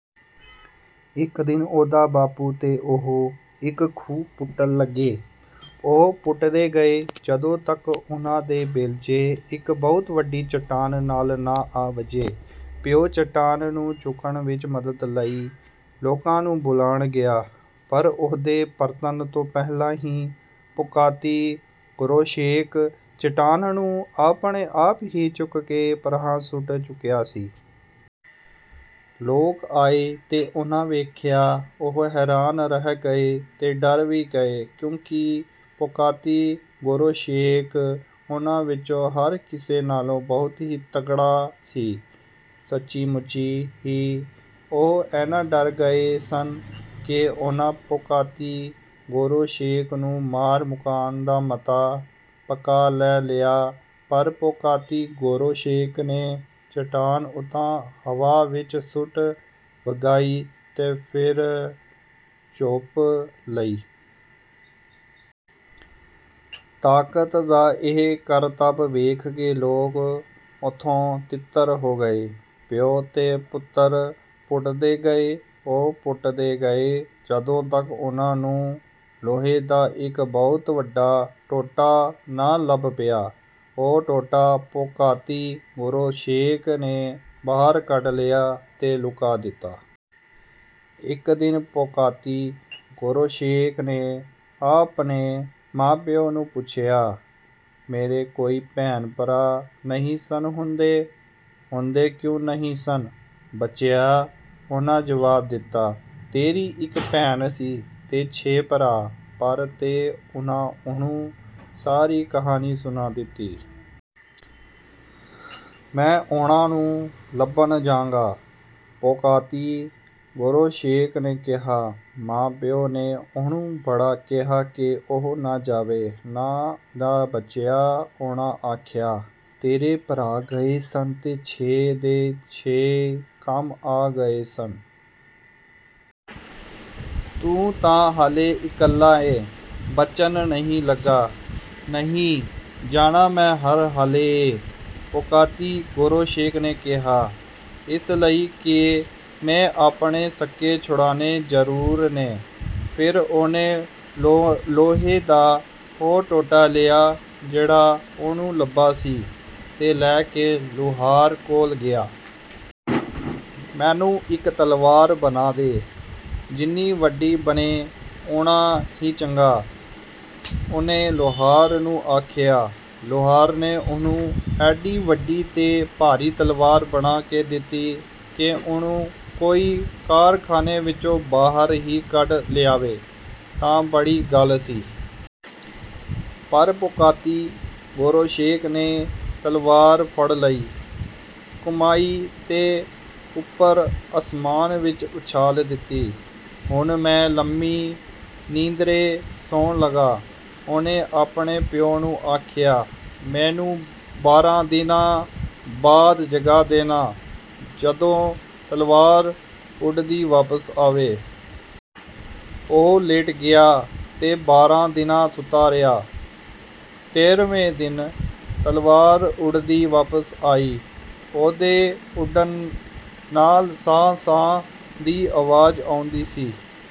ਇੱਕ ਦਿਨ ਉਹਦਾ ਬਾਪੂ ਤੇ ਉਹ ਇੱਕ ਖੂਹ ਪੁੱਟਣ ਲੱਗੇ। ਉਹ ਪੁੱਟਦੇ ਗਏ, ਜਦੋਂ ਤੱਕ ਉਹਨਾਂ ਦੇ ਬੇਲਚੇ ਇੱਕ ਬਹੁਤ ਵੱਡੀ ਚਟਾਨ ਨਾਲ ਨਾ ਆ ਵੱਜੇ। ਪਿਓ ਚਟਾਨ ਨੂੰ ਚੁੱਕਣ ਵਿੱਚ ਮਦਦ ਲਈ ਲੋਕਾਂ ਨੂੰ ਬੁਲਾਣ ਗਿਆ, ਪਰ ਉਹਦੇ ਪਰਤਣ ਤੋਂ ਪਹਿਲਾਂ ਹੀ ਪੋਕਾਤੀ-ਗੋਰੋਸ਼ੇਕ ਚਟਾਨ ਨੂੰ ਆਪਣੇ ਆਪ ਹੀ ਚੁੱਕ ਕੇ ਪਰ੍ਹਾਂ ਸੁੱਟ ਚੁੱਕਿਆ ਸੀ। ਲੋਕ ਆਏ ਤੇ ਉਹਨਾਂ ਵੇਖਿਆ। ਉਹ ਹੈਰਾਨ ਰਹਿ ਗਏ ਤੇ ਡਰ ਵੀ ਗਏ, ਕਿਉਂਕਿ ਪੋਕਾਤੀ-ਗੋਰੋਸ਼ੇਕ ਉਹਨਾਂ ਵਿੱਚੋਂ ਹਰ ਕਿਸੇ ਨਾਲੋਂ ਬਹੁਤ ਹੀ ਤਕੜਾ ਸੀ। ਸੱਚੀ-ਮੁੱਚੀ ਹੀ, ਉਹ ਐਨਾ ਡਰ ਗਏ ਸਨ ਕਿ ਉਹਨਾਂ ਪੋਕਾਤੀ-ਗੋਰੋਸ਼ੇਕ ਨੂੰ ਮਾਰ-ਮੁਕਾਣ ਦਾ ਮਤਾ ਪੱਕਾ ਲੈ ਲਿਆ ਪਰ ਪੋਕਾਤੀ-ਗੋਰੋਸ਼ੇਕ ਨੇ ਚਟਾਨ ਉਤਾਂਹ ਹਵਾ ਵਿੱਚ ਸੁੱਟ ਵਗਾਈ ਤੇ ਫਿਰ ਝੋਪ ਲਈ। ਤਾਕਤ ਦਾ ਇਹ ਕਰਤਬ ਵੇਖ ਕੇ ਲੋਕ ਓਥੋਂ ਤਿੱਤਰ ਹੋ ਗਏ। ਪਿਓ ਤੇ ਪੁੱਤਰ ਪੁੱਟਦੇ ਗਏ। ਉਹ ਪੁੱਟਦੇ ਗਏ, ਜਦੋਂ ਤੱਕ ਉਹਨਾਂ ਨੂੰ ਲੋਹੇ ਦਾ ਇੱਕ ਬਹੁਤ ਵੱਡਾ ਟੋਟਾ ਨਾ ਲੱਭ ਪਿਆ। ਉਹ ਟੋਟਾ ਪੋਕਾਤੀ-ਗੋਰੋਸ਼ੇਕ ਨੇ ਬਾਹਰ ਕੱਢ ਲਿਆ ਤੇ ਲੁਕਾ ਦਿੱਤਾ। ਇੱਕ ਦਿਨ ਪੋਕਾਤੀ-ਗੋਰੋਸ਼ੇਕ ਨੇ ਆਪਣੇ ਮਾਂ-ਪਿਉ ਨੂੰ ਪੁੱਛਿਆ, “ਮੇਰੇ ਕੋਈ ਭੈਣ-ਭਰਾ ਨਹੀਂ ਸਨ ਹੁੰਦੇ?” “ਹੁੰਦੇ ਕਿਉਂ ਨਹੀਂ ਸਨ, ਬਚਿਆ,” ਉਹਨਾਂ ਜਵਾਬ ਦਿੱਤਾ। “ਤੇਰੀ ਇੱਕ ਭੈਣ ਸੀ ਤੇ ਛੇ ਭਰਾ, ਪਰ…” ਤੇ ਉਹਨਾਂ ਉਹਨੂੰ ਸਾਰੀ ਕਹਾਣੀ ਸੁਣਾ ਦਿੱਤੀ। “ਮੈਂ ਉਹਨਾਂ ਨੂੰ ਲੱਭਣ ਜਾਂਗਾ,” ਪੋਕਾਤੀ-ਗੋਰੋਸ਼ੇਕ ਨੇ ਕਿਹਾ। ਮਾਂ-ਪਿਉ ਨੇ ਉਹਨੂੰ ਬੜਾ ਕਿਹਾ ਕਿ ਉਹ ਨਾ ਜਾਵੇ। “ਨਾ ਜਾ, ਬਚਿਆ,” ਉਹਨਾਂ ਆਖਿਆ। “ਤੇਰੇ ਭਰਾ ਗਏ ਸਨ ਤੇ ਛੇ ਦੇ ਛੇਏਂ ਕੰਮ ਆ ਗਏ ਸਨ। ਤੂੰ ਤਾਂ ਹਾਲੇ ਇਕੱਲਾ ਏਂ, ਬਚਣ ਨਹੀਂ ਲੱਗਾ।” “ਨਹੀਂ, ਜਾਣਾ ਮੈਂ ਹਰ ਹਾਲੇ ਏ,” ਪੋਕਾਤੀ-ਗੋਰੋਸ਼ੇਕ ਨੇ ਕਿਹਾ। “ਇਸ ਲਈ ਕਿ ਮੈਂ ਆਪਣੇ ਸਕੇ ਛੁਡਾਣੇ ਜ਼ਰੂਰ ਨੇ।” ਫਿਰ ਉਹਨੇ ਲੋਹੇ ਦਾ ਉਹ ਟੋਟਾ ਲਿਆ, ਜਿਹੜਾ ਉਹਨੂੰ ਲੱਭਾ ਸੀ, ਤੇ ਲੈ ਕੇ ਲੁਹਾਰ ਕੋਲ ਗਿਆ। “ਮੈਨੂੰ ਇੱਕ ਤਲਵਾਰ ਬਣਾ ਦੇ। ਜਿੰਨੀ ਵੱਡੀ ਬਣੇ, ਓਨਾ ਹੀ ਚੰਗਾ!” ਉਹਨੇ ਲੁਹਾਰ ਨੂੰ ਆਖਿਆ। ਲੁਹਾਰ ਨੇ ਉਹਨੂੰ ਐਡੀ ਵੱਡੀ ਤੇ ਭਾਰੀ ਤਲਵਾਰ ਬਣਾ ਕੇ ਦਿੱਤੀ ਕਿ ਉਹਨੂੰ ਕੋਈ ਕਾਰਖਾਨੇ ਵਿੱਚੋਂ ਬਾਹਰ ਹੀ ਕੱਢ ਲਿਆਵੇ, ਤਾਂ ਬੜੀ ਗੱਲ ਸੀ। ਪਰ ਪੋਕਾਤੀ-ਗੋਰੋਸ਼ੇਕ ਨੇ ਤਲਵਾਰ ਫੜ ਲਈ, ਘੁਮਾਈ ਤੇ ਉੱਪਰ ਅਸਮਾਨ ਵਿੱਚ ਉਛਾਲ ਦਿੱਤੀ। “ਹੁਣ ਮੈਂ ਲੰਮੀ ਨੀਂਦਰੇ ਸੌਣ ਲੱਗਾਂ,” ਉਹਨੇ ਆਪਣੇ ਪਿਉ ਨੂੰ ਆਖਿਆ। “ਮੈਨੂੰ ਬਾਰਾਂ ਦਿਨਾਂ ਬਾਅਦ ਜਗਾ ਦੇਣਾ, ਜਦੋਂ ਤਲਵਾਰ ਉੱਡਦੀ ਵਾਪਸ ਆਵੇ।” ਉਹ ਲੇਟ ਗਿਆ ਤੇ ਬਾਰਾਂ ਦਿਨ ਸੁੱਤਾ ਰਿਹਾ। ਤੇਰ੍ਹਵੇਂ ਦਿਨ ਤਲਵਾਰ ਉੱਡਦੀ ਵਾਪਸ ਆਈ। ਉਹਦੇ ਉੱਡਣ ਨਾਲ ਸਾਂ-ਸਾਂ ਦੀ ਆਵਾਜ਼ ਆਉਂਦੀ ਸੀ।